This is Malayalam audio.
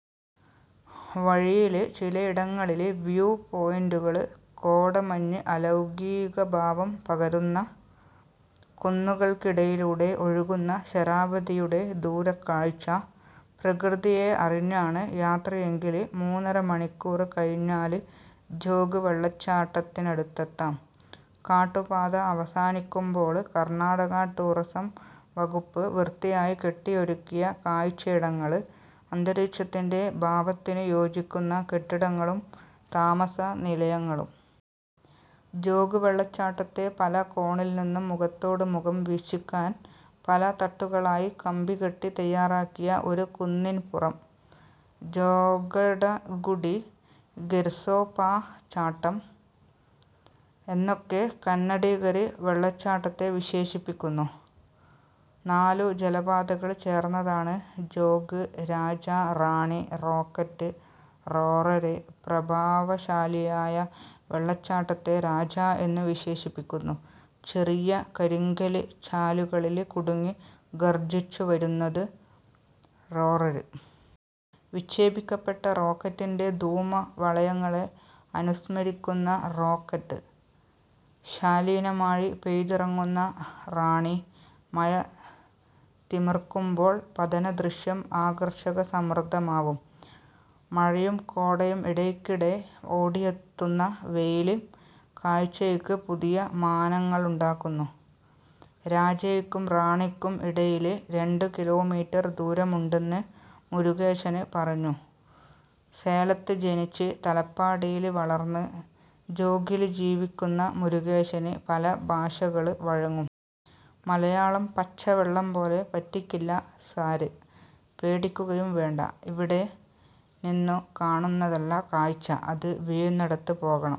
വഴിയില് ചിലയിടങ്ങളില് 'വ്യൂ പോയിന്റുകള്'. കോടമഞ്ഞ് അലൗകീകഭാവം പകരുന്ന കുന്നുകള്ക്കിടയിലൂടെ ഒഴുകുന്ന ശരാവതിയുടെ ദൂരക്കാഴ്ച്ച. പ്രകൃതിയെ അറിഞ്ഞാണ് യാത്രയെങ്കില് മൂന്നര മണിക്കൂര് കഴിഞ്ഞാല് ജോഗ് വെളളച്ചാട്ടത്തിനടുത്തെത്താം. കാട്ടുപാത അവസാനിക്കുമ്പോള് കര്ണ്ണാടക ടൂറസം വകുപ്പ് വൃത്തിയായി കെട്ടി ഒരുക്കിയ കാഴ്ച്ചയിടങ്ങള്. അന്തരീക്ഷത്തിന്റെ ഭാവത്തിന് യോജിക്കുന്ന കെട്ടിടങ്ങളും താമസ നിലയങ്ങളും. ജോഗ് വെളളച്ചാട്ടത്തെ പല കോണില് നിന്നും മുഖത്തോട്മുഖം വീക്ഷിക്കാന് പല തട്ടുകളായി കമ്പി കെട്ടി തയ്യാറാക്കിയ ഒരു കുന്നിന് പുറം. ജോഗഡഗുഡി, ഗെര്സൊപാ ചാട്ടം എന്നൊക്കെ കന്നഡിഗര് വെള്ളച്ചാട്ടത്തെ വിശേഷിപ്പിക്കുന്നു. നാലു ജലപാതകള് ചേര്ന്നതാണ് ജോഗ്. Raja, Rani, Rocket, Roarer. പ്രഭാവശാലിയായ വെളളച്ചാട്ടത്തെ രാജ എന്നു വിശേഷിപ്പിക്കുന്നു. ചെറിയ കരിങ്കല് ചാലുകളില് കുടുങ്ങി ഗര്ജ്ജിച്ചു വരുന്നത് റോറര്. വിക്ഷേപിക്കപ്പെട്ട റോക്കറ്റിന്റെ ധൂമ വളയങ്ങളെ അനുസ്മരിപ്പിക്കുന്ന റോക്കറ്റ്. ശാലീനയായി പെയ്തിറങ്ങുന്ന റാണി. മഴ തിമിര്ക്കുമ്പോള് പതന ദൃശ്യം ആകര്ഷകസമൃദ്ധമാവും. മഴയും കോടയും ഇടയ്ക്കിടെ ഓടിയെത്തുന്ന വെയിലും കാഴ്ച്ചയ്ക്ക് പുതിയ മാനങ്ങളുണ്ടാക്കുന്നു. രാജയ്ക്കും റാണിയ്ക്കും ഇടയില് രണ്ടു കിലോമീറ്റര് ദൂരമുണ്ടെന്ന് മുരുകേശന് പറഞ്ഞു. സേലത്ത് ജനിച്ച്, തലപ്പാടിയില് വളര്ന്ന്, ജോഗില് ജീവിക്കുന്ന മുരുകേശന് പല ഭാഷകള് വഴങ്ങും. മലയാളം പച്ച വെളളം പോലെ. 'പറ്റിക്കില്ല സാര്, പേടിക്കുകയും വേണ്ട, ഇവിടെ നിന്നു കാണുന്നതല്ല കാഴ്ച്ച. അത് വീഴുന്നിടത്ത് പോകണം'.